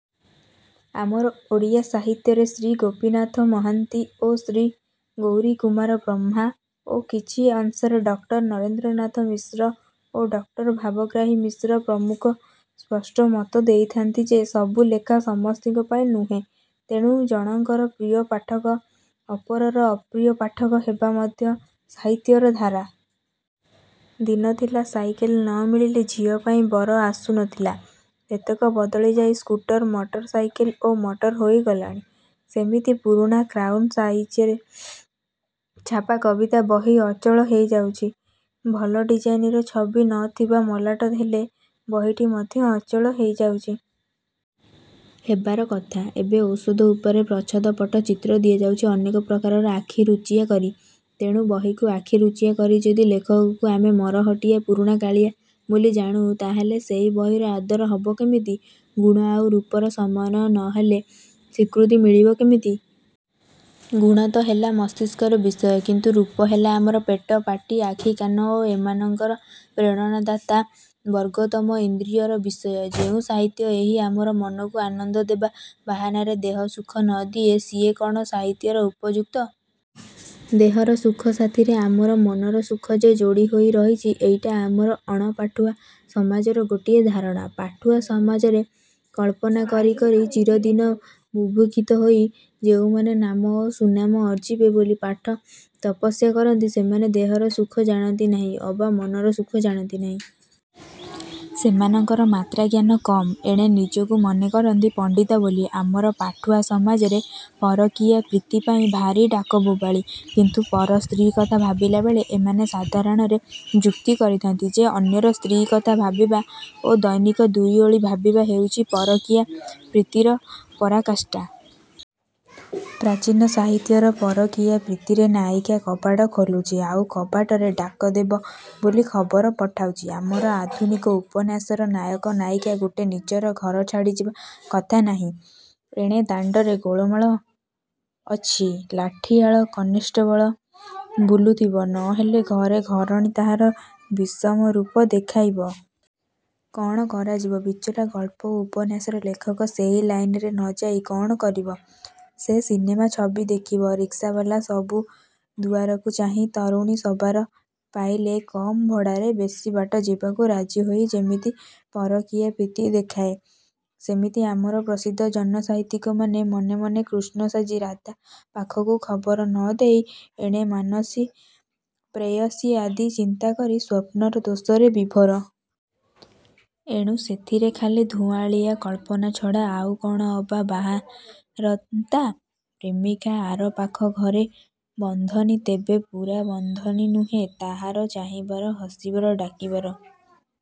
ଆମର ଓଡ଼ିଆ ସାହିତ୍ୟରେ ଶ୍ରୀ ଗୋପୀନାଥ ମହାନ୍ତି ଓ ଶ୍ରୀ ଗୌରୀକୁମାର ବ୍ରହ୍ମା ଓ କିଛି ଅଂଶରେ ଡକ୍ଟର ନରେନ୍ଦ୍ରନାଥ ମିଶ୍ର ଓ ଡକ୍ଟର ଭାବଗ୍ରାହୀ ମିଶ୍ର ପ୍ରମୁଖ ସ୍ପଷ୍ଟ ମତ ଦେଇଥାନ୍ତି ଯେ ସବୁ ଲେଖା ସମସ୍ତଙ୍କ ପାଇଁ ନୁହେଁ। ତେଣୁ ଜଣକର ପ୍ରିୟ ପାଠକ ଅପରର ଅପ୍ରିୟ ପାଠକ ହେବା ମଧ୍ୟ ସାହିତ୍ୟର ଧାରା। ଦିନ ଥିଲା ସାଇକଲ ନ ମିଳିଲେ ଝିଅପାଇଁ ବର ଆସୁ ନ ଥିଲା ସେତକ ବଦଳି ଯାଇ ସ୍କୁଟର, ମଟର ସାଇକଲ ଓ ମଟର ହୋଇ ଗଲାଣି। ସେମିତି ପୁରୁଣା କ୍ରାଉନ ସାଇଜରେ ଛାପା କବିତା ବହି ଅଚଳ ହେଇଯାଉଛି। ଭଲ ଡିଜାଇନର ଛବି ନ ଥିବା ମଲାଟ ହେଲେ ବହିଟି ମଧ୍ୟ ଅଚଳ ହେଇଯାଉଛି। ହେବାର କଥା–ଏବେ ଔଷଧ ଉପରେ ପ୍ରଚ୍ଛଦ ପଟ ଚିତ୍ର ଦିଆଯାଉଛି ଅନେକ ପ୍ରକାରର ଆଖି–ରୁଚିଆ କରି। ତେଣୁ ବହିକୁ ଆଖି ରୁଚିଆ କରି ଯଦି ଲେଖକକୁ ଆମେ ମରହଟିଆ ପୁରୁଣାକାଳିଆ ବୋଲି ଜାଣୁ ତାହାହେଲେ ସେହି ବହିର ଆଦର ହବ କେମିତି? ଗୁଣ ଆଉ ରୂପର ସମନ୍ୱୟ ନ ହେଲେ ସ୍ୱୀକୃତି ମିଳିବ କେମିତି? ଗୁଣ ତ ହେଲା ମସ୍ତିଷ୍କର ବିଷୟ। କିନ୍ତୁ ରୂପ ହେଲା ଆମର ପେଟ, ପାଟି, ଆଖିକାନ ଓ ଏମାନଙ୍କର ପ୍ରେରଣାଦାତା ବର୍ଗୋତ୍ତମ ଇନ୍ଦ୍ରିୟର ବିଷୟ। ଯେଉଁ ସାହିତ୍ୟ ଏହି ଆମର ମନକୁ ଆନନ୍ଦ ଦେବା ବାହାନାରେ ଦେହସୁଖ ନ ଦିଏ ସିଏ କ'ଣ ସାହିତ୍ୟର ଉପଯୁକ୍ତ? ଦେହର ସୁଖ ସାଥିରେ ଆମର ମନର ସୁଖ ଯେ ଯୋଡ଼ି ହୋଇ ରହିଛି ଏଇଟା ଆମର ଅଣପାଠୁଆ ସମାଜର ଗୋଟିଏ ଧାରଣା। ପାଠୁଆ ସମାଜରେ କଳ୍ପନା କରି କରି ଚିରଦିନ ବୁଭୁକ୍ଷିତ ହୋଇ ଯେଉଁମାନେ ନାମ ଓ ସୁନାମ ଅର୍ଜିବେ ବୋଲି ପାଠ–ତପସ୍ୟା କରନ୍ତି ସେମାନେ ଦେହର ସୁଖ ଜାଣନ୍ତି ନାହିଁ ଅବା ମନର ସୁଖ ଜାଣନ୍ତି ନାହିଁ। ସେମାନଙ୍କର ମାତ୍ରାଜ୍ଞାନ କମ୍। ଏଣେ ନିଜକୁ ମନେ କରନ୍ତି ପଣ୍ତିତ ବୋଲି। ଆମର ପାଠୁଆ ସମାଜରେ ପରକୀୟା ପ୍ରୀତିପାଇଁ ଭାରି ଡାକବୋବାଳୀ। କିନ୍ତୁ ପର ସ୍ତ୍ରୀ କଥା ଭାବିଲାବେଳେ ଏମାନେ ସାଧାରଣରେ ଯୁକ୍ତି କରିଥାନ୍ତି ଯେ ଅନ୍ୟର ସ୍ତ୍ରୀ'କଥା ଭାବିବା ଓ ଦୈନିକ ଦୁଇଓଳି ଭାବିବା ହେଉଛି ପରକୀୟା ପ୍ରୀତିର ପରାକାଷ୍ଠା। ପ୍ରାଚୀନ ସାହିତ୍ୟର ପରକୀୟା ପ୍ରୀତିରେ ନାୟିକା କବାଟ ଖୋଲୁଛି ଆଉ କବାଟରେ ଡାକ ଦେବ ବୋଲି ଖବର ପଠାଉଛି। ଆମର ଆଧୁନିକ ଉପନ୍ୟାସର ନାୟକ ନାୟିକା ମୋଟେ ନିଜର ଘର ଛାଡ଼ିଯିବା କଥା ନାହିଁ। ଏଣେ ଦାଣ୍ତରେ ଗୋଳମାଳ ଅଛି। ଲାଠିଆଳ କନଷ୍ଟେବଲ ବୁଲୁଥିବ। ନ ହେଲେ ଘରେ ଘରଣୀ ତାହାର ବିଷମ ରୂପ ଦେଖାଇବ। କ'ଣ କରାଯିବ? ବିଚରା ଗଳ୍ପ ଓ ଉପନ୍ୟାସର ଲେଖକ ସେହି ଲାଇନରେ ନ ଯାଇ କ'ଣ କରିବ? ସେ ସିନେମା ଛବି ଦେଖିବ। ରିକ୍ସାବାଲା ସବୁ ଦୁଆରକୁ ଚାହିଁ ତରୁଣୀ ସବାର ପାଇଲେ କମ୍ ଭଡ଼ାରେ ବେଶି ବାଟ ଯିବାକୁ ରାଜି ହୋଇ ଯେମିତି ପରକୀୟା ପ୍ରୀତି ଦେଖାଏ ସେମିତି ଆମର ପ୍ରସିଦ୍ଧ ଜନସାହିତ୍ୟିକମାନେ ମନେ ମନେ କୃଷ୍ଣ ସାଜି ରାଧା ପାଖକୁ ଖବର ନ ଦେଇ ଏଣେ ମାନସୀ ପ୍ରେୟସୀ ଆଦି ଚିନ୍ତାକରି ସ୍ୱପ୍ନର ଦୋଷରେ ବିଭୋର। ଏଣୁ ସେଥିରେ ଖାଲି ଧୂଆଁଳିଆ କଳ୍ପନା ଛଡ଼ା ଆଉ କ'ଣ ଅବା ବାହାରନ୍ତା? ପ୍ରେମିକା ଆର ପାଖ ଘରେ ବନ୍ଦିନୀ–ତେବେ ପୁରା ବନ୍ଦିନୀ ନୁହେଁ। ତାହାର ଚାହିଁବାର, ହସିବାର, ଡାକିବାର,